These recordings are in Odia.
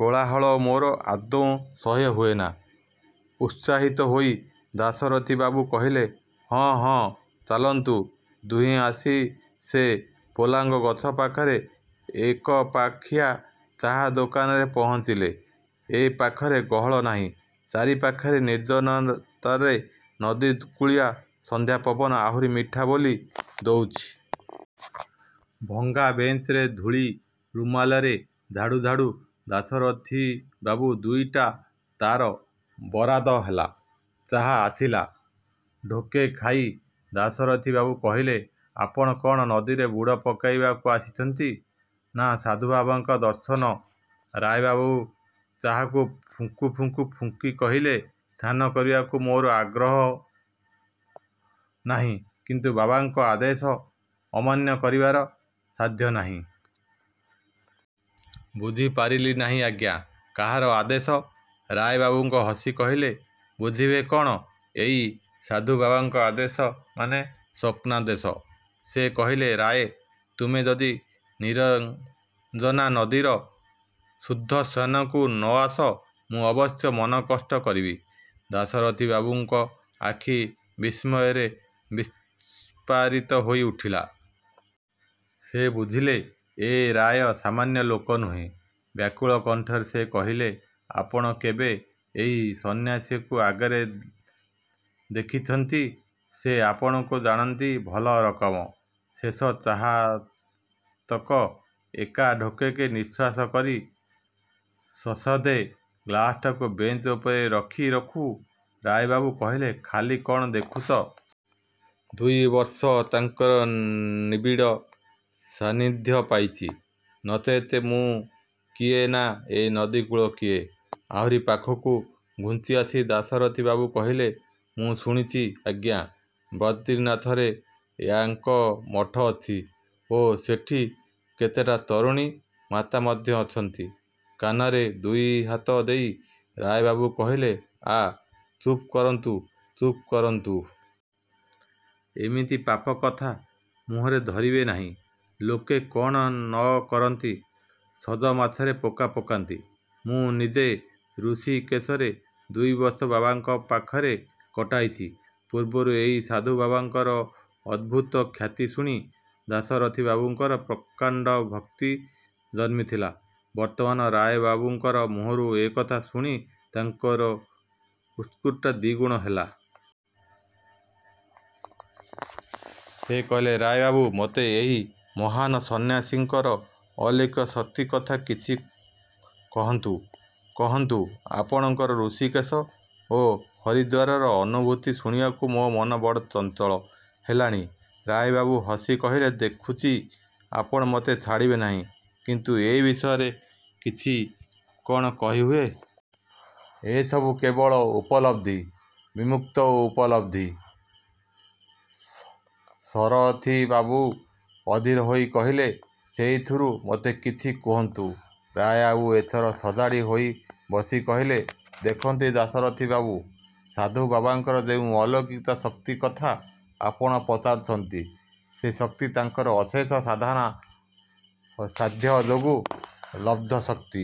"କୋଳାହଳ ମୋର ଆଦୌ ସହ୍ୟ ହୁଏନା।" ଉତ୍ସାହିତ ହୋଇ ଦାଶରଥିବାବୁ କହିଲେ, "ହଁ, ହଁ, ଚାଲନ୍ତୁ।" ଦୁହେଁ ଆସି ସେ ପୋଲାଙ୍ଗ ଗଛ ପାଖର, ଏକପାଖିଆ ଚା' ଦୋକାନରେ ପହଞ୍ଚିଲେ। ଏପାଖରେ ଗହଳ ନାଇଁ, ଚାରିପାଖର ନିର୍ଜନତାରେ ନଦୀକୂଳିଆ ସନ୍ଧ୍ୟା ପବନ ଆହୁରି ମିଠା ବୋଳି ଦଉଚି। ଭଙ୍ଗା ବେଞ୍ଚର ଧୂଳି ରୁମାଲରେ ଝାଡ଼ୁ ଝାଡ଼ୁ ଦାଶରଥିବାବୁ ଦୁଇଟା ଚା'ର ବରାଦ ଦେଲେ। ଚା' ଆସିଲା। ଢୋକେ ଖାଇ ଦାଶରଥିବାବୁ କହିଲେ, "ଆପଣ କ'ଣ ନଦୀରେ ବୁଡ଼ ପକାଇବାକୁ ଆସୁଚନ୍ତି ନାଁ ସାଧୁବାବାଙ୍କ ଦର୍ଶନ?" ରାୟବାବୁ ଚା'କୁ ଫୁଙ୍କୁ ଫୁଙ୍କୁ କହିଲେ, "ସ୍ନାନ କରିବାର ମୋର ଆଗ୍ରହ ନାହିଁ; କିନ୍ତୁ ବାବାଙ୍କ ଆଦେଶ ଅମାନ୍ୟ କରିବାର ସାଧ୍ୟ ନାହିଁ।" "ବୁଝି ପାରିଲି ନାହିଁ ଆଜ୍ଞା, କାହାର ଆଦେଶ?" ରାୟବାବୁ ହସି କହିଲେ, "ବୁଝିବେ କ'ଣ? ଏଇ ସାଧୁବାବାଙ୍କ ଆଦେଶ ମାନେ ସ୍ୱପ୍ନାଦେଶ। ସେ କହିଲେ, 'ରାୟ, ତୁମେ ଯଦି ନିରଞ୍ଜନା ନଦୀର ଶୁଦ୍ଧ ସ୍ନାନକୁ ନ ଆସ, ମୁଁ ଅବଶ୍ୟ ମନକଷ୍ଟ କରିବି।'"ଦାଶରଥିବାବୁଙ୍କ ଆଖି ବିସ୍ମୟରେ ବିସ୍ଫାରିତ ହୋଇ ଉଠିଲା। ସେ ବୁଝିଲେ, ଏ ରାୟ ସାମାନ୍ୟ ଲୋକ ନୁହେଁ। ବ୍ୟାକୁଳ କଣ୍ଠରେ ସେ କହିଲେ, "ଆପଣ ତେବେ ଏହି ସନ୍ନ୍ୟାସୀଙ୍କୁ ଆଗରୁ ଦେଖିଚନ୍ତି? ସେ ଆପଣଙ୍କୁ ଜାଣନ୍ତି ଭଲ ରକମ୍?" ଶେଷ ଚା'ତକ ଏକା ଢୋକକେ ନିଃଶେଷ କରି, ସଶବ୍ଦେ ଗ୍ଲାସଟାକୁ ବେଞ୍ଚ ଉପରେ ରଖୁ ରଖୁ ରାୟବାବୁ କହିଲେ, "ଖାଲି କ'ଣ ଦେଖୁଚ? ଦୁଇ ବର୍ଷ ତାଙ୍କର ନିବିଡ଼ ସାନ୍ନିଧ୍ୟ ପାଇଚି। ନଚେତ୍ ମୁଁ କିଏ ନାଁ ଏ ନଦୀକୂଳ କିଏ?" ଆହୁରି ପାଖକୁ ଘୁଞ୍ଚିଆସି ଦାଶରଥିବାବୁ କହିଲେ, "ମୁଁ ଶୁଣିଚି ଆଜ୍ଞା, ବଦ୍ରିନାଥରେ ୟାଙ୍କର ମଠ ଅଛି ଓ ସେଠି କେତେଟା ତରୁଣୀ ମାତା ମଧ୍ୟ ଅଛନ୍ତି?" କାନରେ ଦୁଇହାତ ଦେଇ ରାୟବାବୁ କହିଲେ, "ଆଃ ଚୁପ୍ କରନ୍ତୁ, ଚୁପ୍ କରନ୍ତୁ! ଏମିତି ପାପ କଥା ମୁହଁରେ ଧରିବେ ନାହିଁ। ଲୋକେ କ'ଣ ନ କହନ୍ତି? ସଜମାଛରେ ପୋକ ପକାନ୍ତି। ମୁଁ ନିଜେ ଋଷିକେଶରେ ଦୁଇବର୍ଷ ବାବାଙ୍କ ପାଖରେ କଟାଇଛି।"ପୂର୍ବରୁ ଏହି ସାଧୁବାବାଙ୍କର ଅଦ୍ଭୁତ ଖ୍ୟାତି ଶୁଣି, ଦାଶରଥିବାବୁଙ୍କର ପ୍ରକାଣ୍ଡ ଭକ୍ତି ଜନ୍ମିଥିଲା। ବର୍ତ୍ତମାନ ରାୟବାବୁଙ୍କ ମୁହଁରୁ ଏକଥା ଶୁଣି ତାଙ୍କର ଉତ୍କଣ୍ଠା ଦ୍ଵିଗୁଣିତ ହେଲା। ସେ କହିଲେ, "ରାୟବାବୁ, ମତେ ଏହି ମହାନ୍ ସନ୍ନ୍ୟାସୀଙ୍କର ଅଲୌକିକ ଶକ୍ତି କଥା କିଛି କହନ୍ତୁ। କହନ୍ତୁ ଆପଣଙ୍କର ଋଷିକେଶ ଓ ହରିଦ୍ୱାରର ଅନୁଭୂତି ଶୁଣିବାକୁ ମୋ ମନ ବଡ଼ ଚଞ୍ଚଳ ହେଲାଣି।" ରାୟବାବୁ ହସି କହିଲେ, "ଦେଖୁଚି, ଆପଣ ମତେ ଛାଡ଼ିବେ ନାହିଁ। କିନ୍ତୁ ଏ ବିଷୟରେ କିଛି କ'ଣ କହି ହୁଏ? ଏସବୁ କେବଳ ଉପଲବ୍ଧି, ବିମୁକ୍ତ ଉପଲବ୍ଧି।" ଶରଥିବାବୁ ଅଧୀର ହୋଇ କହିଲେ, "ସେଇଥିରୁ ମତେ କିଛି କହନ୍ତୁ।" ରାୟବାବୁ ଏଥର ସଜାଡ଼ି ହୋଇ ବସି କହିଲେ, "ଦେଖନ୍ତୁ ଦାଶରଥିବାବୁ, ସାଧୁ ବାବାଙ୍କର ଯେଉଁ ଅଲୌକିକ ଶକ୍ତିକଥା ଆପଣ ପଚାରୁଛନ୍ତି, ସେ ଶକ୍ତି ତାଙ୍କର ଅଶେଷ ସାଧନା ସାଧ୍ୟ ଯୋଗ ଲବ୍ଧ ଶକ୍ତି।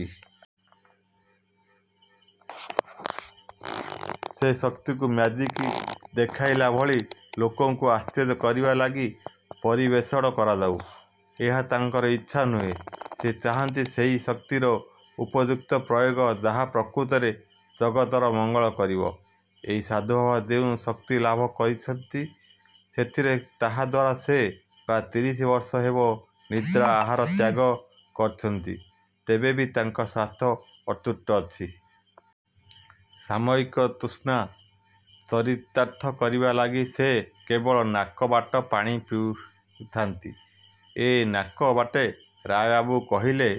ସେ ଶକ୍ତିକୁ ମ୍ୟାଜିକ ଦେଖାଇଲା ଭଳି, ଲୋକକୁ ଆଶ୍ଚର୍ଯ୍ୟ କରିବା ଲାଗି, ପରିବେଷଣ କରାହଉ, ଏହା ତାଙ୍କର ଇଚ୍ଛା ନୁହେଁ। ସେ ଚାହାନ୍ତି ସେହି ଶକ୍ତିର ଉପଯୁକ୍ତ ପ୍ରୟୋଗ ଯାହା ପ୍ରକୃତରେ ଜଗତର ମଙ୍ଗଳ କରିବ। ଏହି ସାଧୁବାବା ଯେଉଁ ଶକ୍ତି ଲାଭ କରିଚନ୍ତି, ସେଥିରେ ତାହାଦ୍ୱାରା ସେ ପ୍ରାୟ ତିରିଶ ବର୍ଷ ହେବ ନିଦ୍ରା ଆହାର ତ୍ୟାଗ କରିଚନ୍ତି, ତେବେ ବି ତାଙ୍କ ସ୍ୱାସ୍ଥ୍ୟ ଅତୁଟ ଅଛି। ସାମୟିକ ତୃଷା ଚରିତାର୍ଥ କରିବା ଲାଗି ସେ କେବଳ ନାକ ବାଟେ ପାଣି ପିଇଥା'ନ୍ତି।""ଏଁ ନାକ ବାଟେ?"ରାୟବାବୁ କହିଲେ